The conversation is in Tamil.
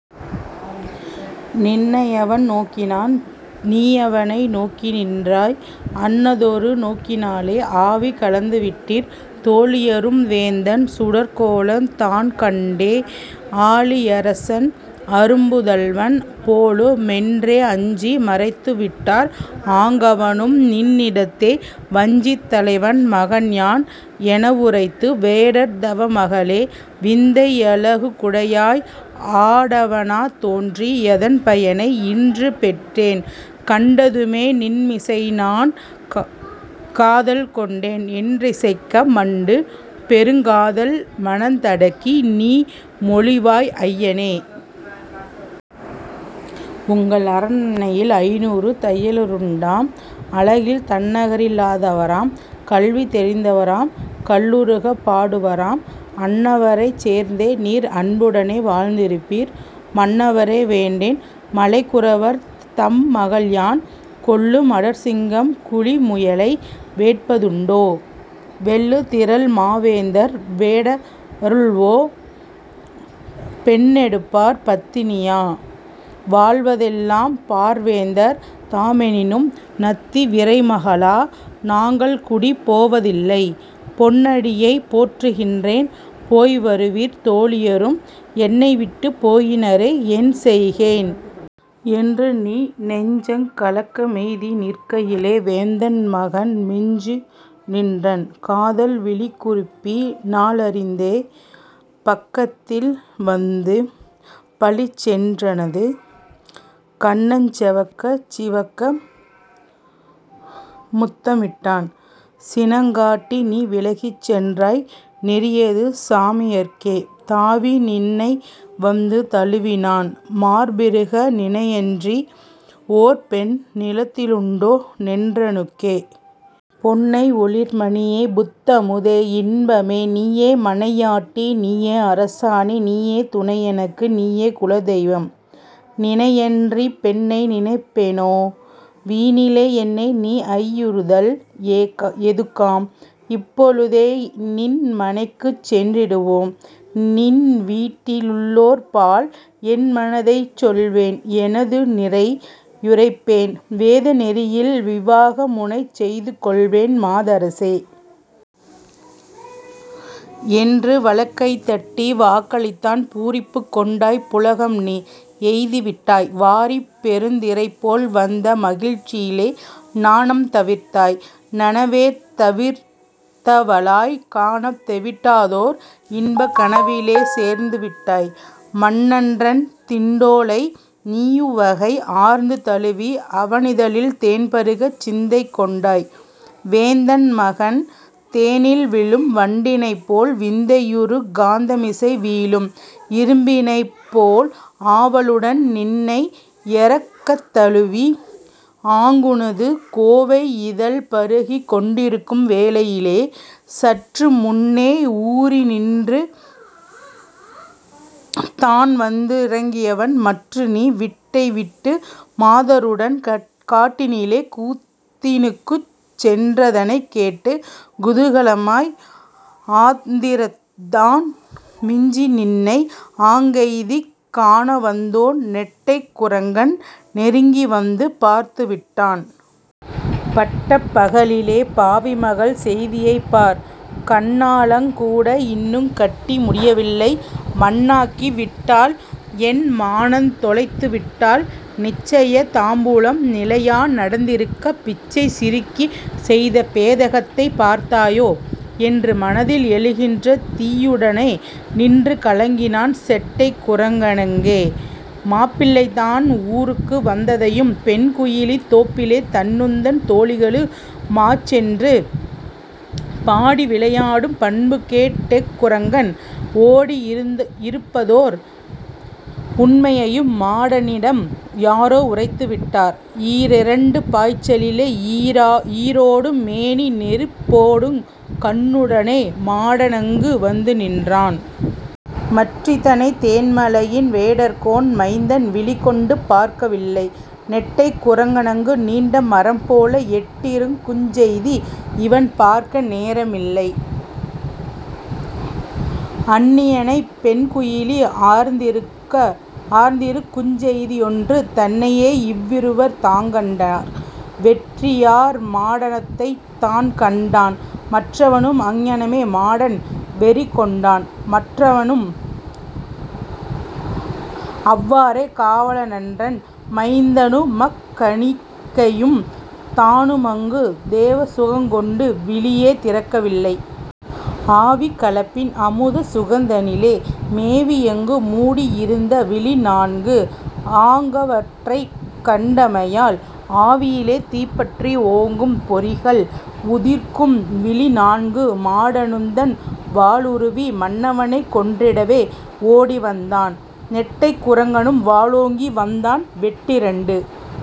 நின்னையவன் நோக்கினான்; நீயவனை நோக்கி நின்றாய்; அன்னதொரு நோக்கினாலே ஆவி கலந்துவிட்டீர். தோழியரும் வேந்தன் சுடர்க்கோலந் தான்கண்டே ஆழியரசன் அரும்புதல்வன் போலு மென்றே அஞ்சி மறைத்து விட்டார். ஆங்கவனும் நின்னிடத்தே. ''வஞ்சித் தலைவன் மகன்யான்'' எனவுரைத்து, ''வேடர் தவமகளே! விந்தை யழகுடையாய்! ஆடவனாத் தோன்றி யதன்பயனை இன்று பெற்றேன்; கண்டதுமே நின்மிசைநான் காதல்கொண்டேன்'' என்றிசைக்க, மண்டு பெருங்காதல் மனத்தடக்கி நீ மொழிவாய்; ''ஐயனே! உங்கள் அரண்மனையில் ஐந்நூறு தையலருண் டாம்; அழகில் தன்னிகரில் லாதவராம்; கல்வி தெரிந்தவராம்; கல்லுருகப் பாடுவராம்; அன்னவரைச் சேர்ந்தே நீர் அன்புடனே வாழ்ந்திருப்பீர், மன்னவரே வேண்டேன், மலைக்குறவர் தம்மகள்யான்; கொல்லு மடற்சிங்கம் குழிமுயலை வேட்பதுண்டோ? வெல்லுதிறல்மாவேந்தர் வேடருள்ளோ பெண்ணெடுப்பார்? பத்தினியா வாழ்வதல்லாம் பார்வேந்தர் தாமெனினும் நத்தி விரைமகளா நாங்கள்குடி போவதில்லை, பொன்னடியைப் போற்றுகின்றேன், போய் வருவீர் தோழியரும் என்னைவிட்டுப் போயினரே, என்செய்கேன்? '' என்று நீ நெஞ்சங் கலக்கமெய்தி நிற்கையிலே, வேந்தன் மகன் மிஞ்சுநின்றன் காதல் விழிக்குறிப்பி னாலறிந்தே,। பக்கத்தில் வந்து பளிச்சென் றுனது கன்னஞ் செக்கச் சிவக்க முத்தமிட்டான் சினங்காட்டி நீ விலகிச் சென்றாய் நெறியேது சாமியர்க்கே? தாவி நின்னைவந்து தழுவினான் மார்பிறுக. ''நின்னையன்றி ஓர் பெண் நிலத்திலுண்டோ என்றனுக்கே? பொன்னை, ஒளிர்மணியே. புத்தமுதே, இன்பமே, நீயே மனையாட்டி, நீயே அரசாணி, நீயே துணை எனக்கு. நீயே குலதெய்வம். நினையன்றிப் பெண்ணை, நினைப்பேனொ; வீணிலே என்னை நீ ஐயுறுதல் ஏதுக்காம்? இப்பொழுதே நின்மனைக்குச் சென்றிடுவோம்; நின்வீட்டி லுள்ளோர்பால் என்மனதைச் சொல்வேன். எனதுநிரை யுரைப்பேன். வேத நெறியில் விவாகமுனைச் செய்துகொள்வேன், மாதரசே! '' என்று வலக் கைதட்டி வாக்களித்தான். பூரிப்புக் கொண்டாய் புளகம்நீ எய்திவிட்டாய். வாரிப் பெருந்திரைபோல் வந்த மகிழ்ச்சியே நாணந் தவிர்த்தாய்; நனவே தவிர்ந்தவளாய், காணத் தெவிட்டாதோர் இன்பக் கனவிலே சேர்ந்துவிட்டாய், மன்னன்றன் திண்டோ ளை நீயுவகை ஆர்ந்து தழுவி அவனிதழில் தேன்பருகச் சிந்தை கொண்டாய், வேந்தன் மகன், தேனில் விழும் வண்டினைப்போல் விந்தையுறு காந்தமிசை வீழும் இரும்பினைப்போல், ஆவலுடன் நின்னை யறக்தழுவி, ஆங்குனது கோவை யிதழ்பருகிக் கொண்டிருக்கும் வேளையிலே, சற்றுமுன்னே ஊரினின்று தான்வந் திறங்கியவன், மற்றுநீ வீட்டைவிட்டு மாதருடன் காட்டினிலே கூத்தினுக்குச் சென்றதனைக் கேட்டு குதூகலமாய் ஆத்திரந்தான் மிஞ்சிநின்னை ஆங்கெய்திக் காணவந்தோன், நெட்டைக் குரங்கன் நெருங்கிவந்து பார்த்து விட்டான். ''பட்டப் பகலிலே! பாவிமகள் செய்தியைப் பார்! கண்ணாலங் கூடஇன்னுங் கட்டி முடியவில்லை மண்ணாக்கி விட்டாள்! என்மானந்தொலைத்துவிட்டாள். 'நிச்சய தாம்பூலம்' நிலையா நட ந்திருக்கப் பிச்சைச் சிறுக்கி செய்த பேதகத்தைப் பார்த்தாயோ? '' என்று மனதில் எழுகின்ற தீயுடனே நின்று கலங்கினான் செட்டைக் குரங்கனங்கே மாப்பிள்ளைதான் ஊருக்கு வந்ததையும், பெண்குயிலி, தோப்பிலே தானுந்தன் தோழிகளு மாச்சென்று பாடி விளையாடும் பண்புகேட் டேகுரங்கன் ஓடி யிருப்பதோ உண்மையையும் மாடனிடம் யாரோ உரைத்துவிட்டார்: ஈரிரண்டு பாய்ச்சலிலே நீரோடும் மேனி நெருப்போடுங் கண்ணுடனே மாடனங்கு வந்துநின்றான். மற்றிதனைத் தேன்மலையின் வேடர்கோன் மைந்தன் விழிகொண்டு பார்க்கவில்லை. நெட்டைக் குரங்கனங்கு நீண்ட மரம்போல எட்டிநிற்குஞ் செய்தி இவன்பார்க்க நேரமில்லை. அன்னியனைப் பெண்குயிலி ஆர்ந்திருக்குஞ் செய்தியொன்று தன்னையே இவ்விருவர் தாங்கண்டார், வெற்றியார். மாடனதைத் தான்கண்டான், மற்றவனும் அங்ஙனமே. மாடன் வெறிகொண்டான், மற்றுவனும் அவ்வாறே. காவலன்றன் மைந்தனுமக் கன்னிகையும் தானுமங்கு தேவசுகங் கொண்டு விழியே திறக்கவில்லை. ஆவிக் கலப்பின் அமுத சுகந்தனிலே மேவியங்கு மூடி யிருந்த விழிநான்கு ஆங்கவற்றைக் கண்டமையால் ஆவியிலே தீப்பற்றி ஓங்கும் பொறிகள் உதிர்க்கும் விழிநான்கு. மாடனுந்தன் வாளுருவி மன்னவனைக் கொன்றிடவே ஓடிவந்தான்; நெட்டைக் குரங்கனும் வாளோங்கி வந்தான்; வெட்டிரண்டு